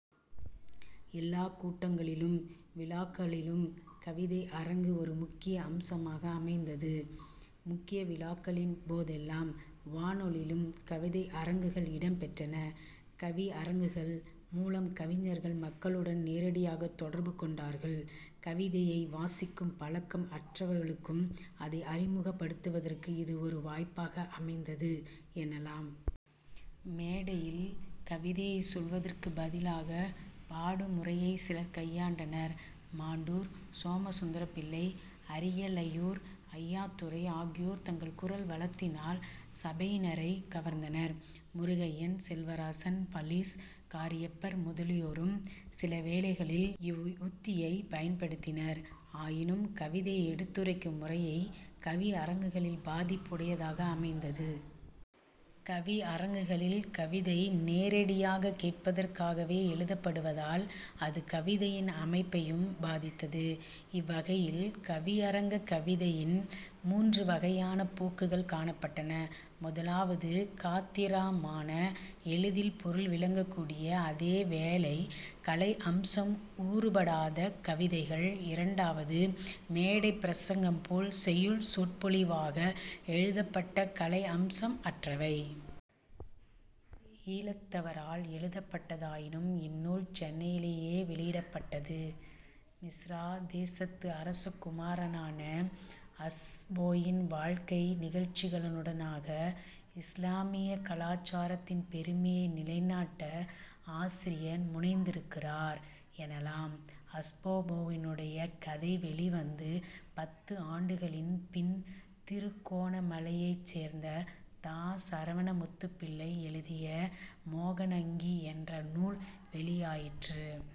எல்லாக் கூட்டங்களிலும் விழாக்களிலும் கவிதை அரங்கும் ஒரு முக்கிய அம்சமாக அமைந்தது. முக்கிய விழாக்களின் போதெல்லாம் வானொலியிலும் கவிதை அரங்குகள் இடம்பெற்றன. கவியரங்குகள் மூலம் கவிஞர்கள் மக்களுடன் நேரடியாகத் தொடர்பு கொண்டார்கள். கவிதையை வாசிக்கும் பழக்கம் அற்றவர்களுக்கும் அதை அறிமுகப் படுத்துவதற்கு இது ஒரு வாய்ப்பாக அமைந்தது எனலாம். மேடையில் கவிதையைச் சொல்வதற்குப் பதிலாக பாடும் முறையையும் சிலர் கையாண்டனர். மண்டூர் சோமசுந்தரம்பிள்ளை, அரியாலையூர் ஐயாத்துரை ஆகியோர் தங்கள் குரல் வளத்தினால் சபையினரைக் கவர்ந்தனர். முருகையன், செல்வராசன், பஸீஸ் காரியப்பர் முதலியோரும் சிலவேளைகளில் இவ்வுத்தியைப் பயன்படுத்தினர். ஆயினும் கவிதையை எடுத்துரைக்கும் முறையே கவியரங்குகளில் பாதிப்பு உடையதாக அமைந்தது. கவியரங்குகளில் கவிதை நேரடியாகக் கேட்பதற்காகவே எழுதப்படுவதால் அது கவிதையின் அமைப்பையும் பாதித்தது. இவ்வகையில் கவியரங்கக் கவிதையில் மூன்று வகையான போக்குகள் காணப்பட்டன. முதலாவது காத்திரமான எளிதில் பொருள் விளங்கக்கூடிய அதேவேளை கலையம்சம் ஊறுபடாத கவிதைகள். இரண்டாவது மேடைப் பிரசங்கம்போல் செய்யுட் சொற்பொழிவாக எழுதப்பட்ட கலையம்சம் அற்றவை. ஈழத்தவரால் எழுதப்பட்டதாயினும் இந்நூல் சென்னையிலேயே வௌயிடப்பட்டது. மிஸர் தேசத்து அரசகுமாரனான அஸன்பேயின் வாழ்க்கை நிகழ்ச்சிகளினூடாக இஸ்லாமிய கலாசாரத்தின் பெருமையை நிலைநாட்ட ஆசிரியர் முனைந்திருக்கிறார் எனலாம். அஸன்பேயுடைய கதை வௌிவந்து பத்து ஆண்டுகளின் பின்ன திருகோணமலையைச் சேர்ந்த த. சரவணமுத்துப்பிள்ளை எழுதிய மோகனாங்கி என்ற நூல் வௌியாயிற்று.